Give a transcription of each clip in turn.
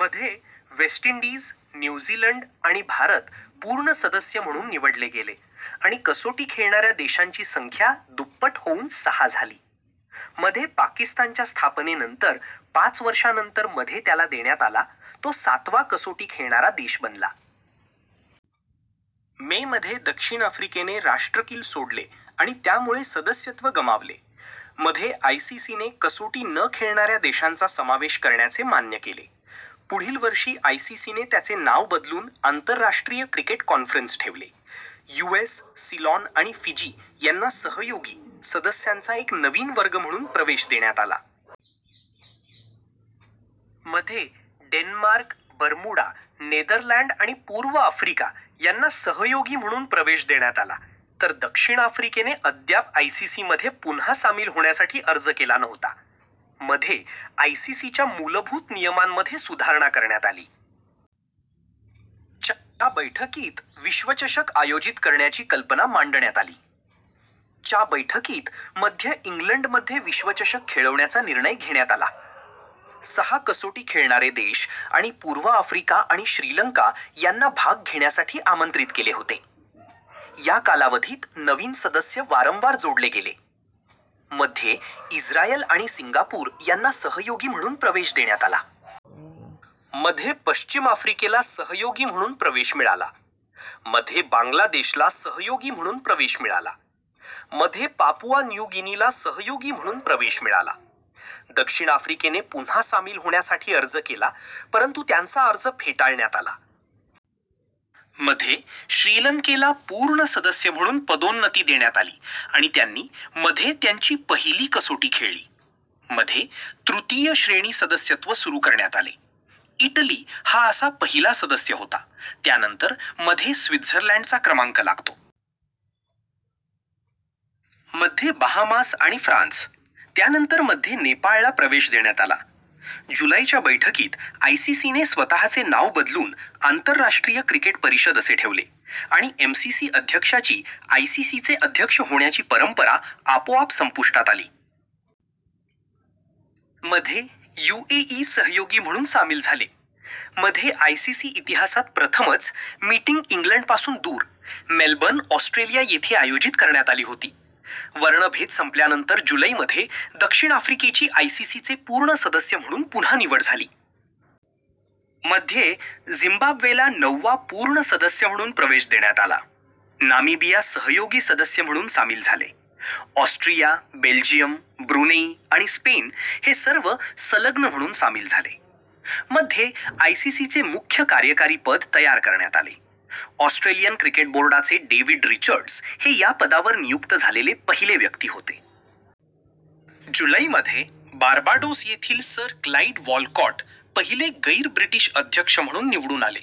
मध्ये, West Indies, New Zealand आणि भारत पूर्ण सदस्य म्हणून निवडले गेले आणि कसोटी खेळणाऱ्या देशांची संख्या दुप्पट होऊन सहा झाली. मध्ये पाकिस्तानच्या स्थापनेनंतर, पाच वर्षांनंतर मध्ये त्याला देण्यात आला, तो सातवा कसोटी खेळणारा देश बनला. मे मध्ये दक्षिण आफ्रिकेने राष्ट्रकुल सोडले आणि त्यामुळे सदस्यत्व गमावले. मध्ये, आयसीसीने कसोटी न खेळणाऱ्या देशांचा समावेश करण्याचे मान्य केले. पुढील वर्षी, आयसीसीने त्याचे नाव बदलून आंतरराष्ट्रीय क्रिकेट कॉन्फरन्स ठेवले. यूएस, सिलोन आणि फिजी यांना सहयोगी, सदस्यांचा एक नवीन वर्ग म्हणून प्रवेश देण्यात आला. मध्ये, डेन्मार्क, बरमुडा, नेदरलँड आणि पूर्व आफ्रिका यांना सहयोगी म्हणून प्रवेश देण्यात आला, तर दक्षिण आफ्रिकेने अद्याप आयसीसी मध्ये पुन्हा सामील होण्यासाठी अर्ज केला नव्हता. मध्ये आयसीसीच्या मूलभूत नियमांमध्ये सुधारणा करण्यात आली. च्या बैठकीत विश्वचषक आयोजित करण्याची कल्पना मांडण्यात आली. च्या बैठकीत, मध्ये इंग्लंडमध्ये विश्वचषक खेळवण्याचा निर्णय घेण्यात आला. सहा कसोटी खेळणारे देश आणि पूर्व आफ्रिका आणि श्रीलंका यांना भाग घेण्यासाठी आमंत्रित केले होते. या कालावधीत नवीन सदस्य वारंवार जोडले गेले: मध्ये, इस्रायल आणि सिंगापूर यांना सहयोगी म्हणून प्रवेश देण्यात आला. मध्ये पश्चिम आफ्रिकेला सहयोगी म्हणून प्रवेश मिळाला. मध्ये बांगलादेशला सहयोगी म्हणून प्रवेश मिळाला. मध्ये पापुआ न्यू गिनीला सहयोगी म्हणून प्रवेश मिळाला. दक्षिण आफ्रिकेने पुन्हा सामील होण्यासाठी अर्ज केला, परंतु त्यांचा अर्ज फेटाळण्यात आला. मध्ये, श्रीलंकेला पूर्ण सदस्य म्हणून पदोन्नती देण्यात आली आणि त्यांनी मध्ये त्यांची पहिली कसोटी खेळली. मध्ये, तृतीय श्रेणी सदस्यत्व सुरू करण्यात आले. इटली हा असा पहिला सदस्य होता, त्यानंतर मध्ये स्वित्झर्लंडचा क्रमांक लागतो. मध्ये बहामास आणि फ्रान्स, त्यानंतर मध्ये नेपाळला प्रवेश देण्यात आला. जुलै च्या बैठकीत, आयसीसी ने स्वतःचे नाव बदलून आंतरराष्ट्रीय क्रिकेट परिषद असे ठेवले आणि एमसीसी अध्यक्षाची आयसीसीचे अध्यक्ष होण्याची परंपरा आपोआप संपुष्टात आली. मध्ये, यूएई सहयोगी म्हणून सामील झाले. मध्ये, आयसीसी इतिहासात प्रथमच, मीटिंग इंग्लंडपासून दूर, मेलबर्न, ऑस्ट्रेलिया येथे आयोजित करण्यात आली होती. वर्णभेद संपल्यानंतर जुलैमध्ये दक्षिण आफ्रिकेची आयसीसीचे पूर्ण सदस्य म्हणून पुन्हा निवड झाली. मध्ये, झिम्बाब्वेला नववा पूर्ण सदस्य म्हणून प्रवेश देण्यात आला. नामिबिया सहयोगी सदस्य म्हणून सामील झाले. ऑस्ट्रिया, बेल्जियम, ब्रुनेई आणि स्पेन हे सर्व सलग्न म्हणून सामील झाले. मध्ये, आयसीसीचे मुख्य कार्यकारी पद तयार करण्यात आले; ऑस्ट्रेलियन क्रिकेट बोर्डाचे डेव्हिड रिचर्ड्स हे या पदावर नियुक्त झालेले पहिले व्यक्ती होते. जुलैमध्ये, बार्बाडोस येथील सर क्लाइड वॉलकॉट, पहिले गैर-ब्रिटिश अध्यक्ष म्हणून निवडून आले.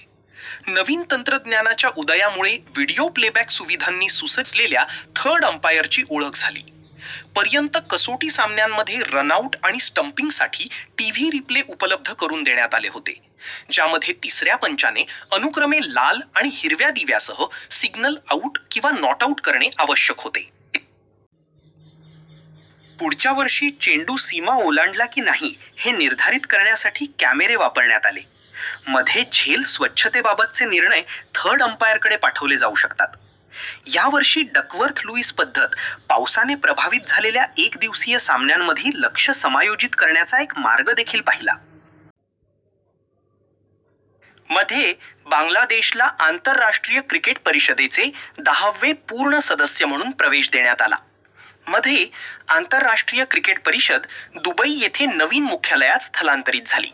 नवीन तंत्रज्ञानाच्या उदयामुळे व्हिडिओ प्लेबॅक सुविधांनी सुसज्ज असलेल्या थर्ड अंपायरची ओळख झाली. पर्यंत, कसोटी सामन्यांमध्ये रन-आऊट आणि स्टंपिंगसाठी टीव्ही रिप्ले उपलब्ध करून देण्यात आले होते, ज्यामध्ये तिसऱ्या पंचाने अनुक्रमे लाल आणि हिरव्या दिव्यासह सिग्नल आउट किंवा नॉट आउट करणे आवश्यक होते. पुढच्या वर्षी, चेंडू सीमा ओलांडला की नाही हे निर्धारित करण्यासाठी कॅमेरे वापरण्यात आले. मध्ये झेल स्वच्छतेबाबतचे निर्णय थर्ड अंपायरकडे पाठवले जाऊ शकतात. या वर्षी डकवर्थ-लुईस पद्धत, पावसाने प्रभावित झालेल्या एकदिवसीय सामन्यांमध्ये लक्ष्य समायोजित करण्याचा एक मार्ग देखील पाहिला. मध्ये, बांगलादेशला आंतरराष्ट्रीय क्रिकेट परिषदेचे दहावे पूर्ण सदस्य म्हणून प्रवेश देण्यात आला. मध्ये, आंतरराष्ट्रीय क्रिकेट परिषद दुबई येथे नवीन मुख्यालयात स्थलांतरित झाली.